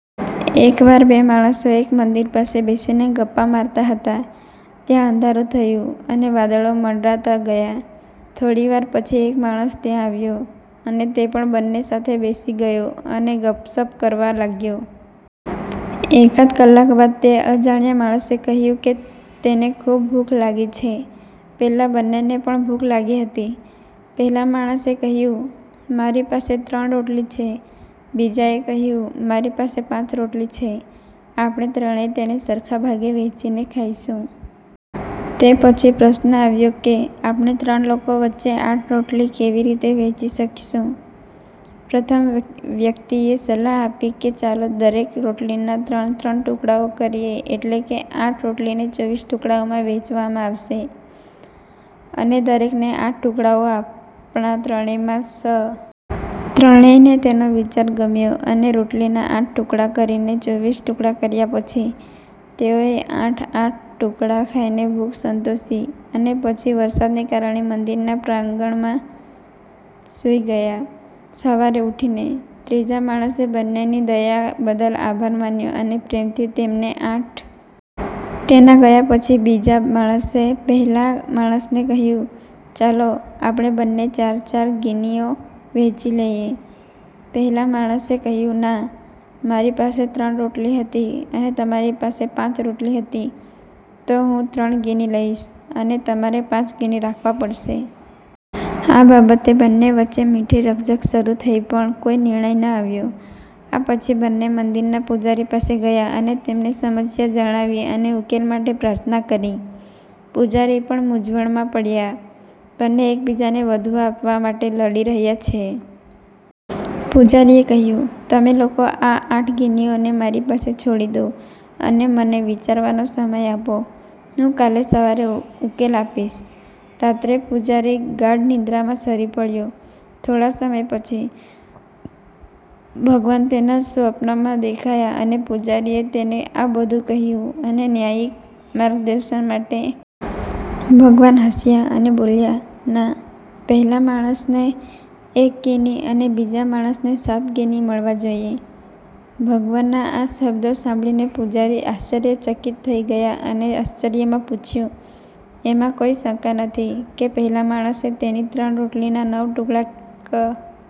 એકવાર બે માણસો એક મંદિર પાસે બેસીને ગપ્પાં મારતા હતા. ત્યાં અંધારું થયું અને વાદળો મંડરાતા ગયા. થોડી વાર પછી એક માણસ ત્યાં આવ્યો અને તે પણ બંને સાથે બેસી ગયો અને ગપસપ કરવા લાગ્યો. એકાદ કલાક બાદ તે અજાણ્યા માણસે કહ્યું કે તેને ખૂબ ભૂખ લાગી છે, પેલા બંનેને પણ ભૂખ લાગી હતી. પહેલા માણસે કહ્યું, મારી પાસે ત્રણ રોટલી છે, બીજાએ કહ્યું, મારી પાસે પાંચ રોટલી છે, આપણે ત્રણેય તેને સરખા ભાગે વહેંચીને ખાઈશું. તે પછી પ્રશ્ન આવ્યો કે આપણે ત્રણ લોકો વચ્ચે આઠ રોટલી કેવી રીતે વહેંચી શકીશું? પ્રથમ વ્યક્તિએ સલાહ આપી કે ચાલો દરેક રોટલીના ત્રણ-ત્રણ ટુકડાઓ કરીએ એટલે કે, આઠ રોટલીને ચોવીસ ટુકડાઓમાં વહેંચવામાં આવશે અને દરેકને આઠ ટુકડાઓ આપણા ત્રણેયમાં સમાનરૂપે વહેંચવામાં આવશે. ત્રણેયને તેનો વિચાર ગમ્યો અને રોટલીના આઠ ટુકડા કરીને ચોવીસ ટુકડા કર્યા પછી, તેઓએ આઠ – આઠ ટુકડા ખાઈને ભૂખ સંતોષી અને પછી વરસાદને કારણે મંદિરના પ્રાંગણમાં સૂઈ ગયા. સવારે ઉઠીને, ત્રીજા માણસે બંનેની દયા બદલ આભાર માન્યો અને પ્રેમથી તેમને આઠ બ્રેડના ટુકડાના બદલામાં આઠ સોનાની ગીની ભેટ આપી અને પોતાના ઘર તરફ ગયો. તેના ગયા પછી, બીજા માણસે પહેલા માણસને કહ્યું, ચાલો આપણે બંને ચાર-ચાર ગિનીઓ વહેંચી લઈએ. પહેલા માણસે કહ્યું ના, મારી પાસે ત્રણ રોટલી હતી અને તમારી પાસે પાંચ રોટલી હતી, તો હું ત્રણ ગીની લઈશ, અને તમારે પાંચ ગીની રાખવા પડશે. આ બાબતે બંને વચ્ચે મીઠી રકઝક શરૂ થઈ પણ કોઈ નિર્ણય ન આવ્યો. આ પછી બંને મંદિરના પૂજારી પાસે ગયા અને તેમને સમસ્યા જણાવી અને ઉકેલ માટે પ્રાર્થના કરી. પૂજારી પણ મૂંઝવણમાં પડ્યા, બંને એકબીજાને વધુ આપવા માટે લડી રહ્યા છે. પૂજારીએ કહ્યું, તમે લોકો આ આઠ ગીનીઓને મારી પાસે છોડી દો અને મને વિચારવાનો સમય આપો, હું કાલે સવારે ઉકેલ આપીશ. રાત્રે પૂજારી ગાઢ નિંદ્રામાં સરી પડ્યો. થોડા સમય પછી, ભગવાન તેના સ્વપ્નમાં દેખાયા અને પૂજારીએ તેને આ બધું કહ્યું અને ન્યાયિક માર્ગદર્શન માટે પ્રાર્થના કરી અને કહ્યું કે મારા મતે તો બંને ને ત્રણ-પાંચ ભાગ યોગ્ય લાગે છે. ભગવાન હસ્યા અને બોલ્યા – ના, પહેલા માણસને એક ગિની અને બીજા માણસને સાત ગિની મળવા જોઈએ. ભગવાનના આ શબ્દો સાંભળીને પૂજારી આશ્ચર્યચકિત થઈ ગયા અને આશ્ચર્યમાં પૂછ્યું – એમાં કોઈ શંકા નથી કે પહેલા માણસે તેની ત્રણ રોટલીના નવ ટુકડા કર્યા પરંતુ તે નવ માંથી તેણે માત્ર એક ભાગ પાડ્યો અને આઠ ટુકડા તો પોતે જ ખાધા છે એટલે.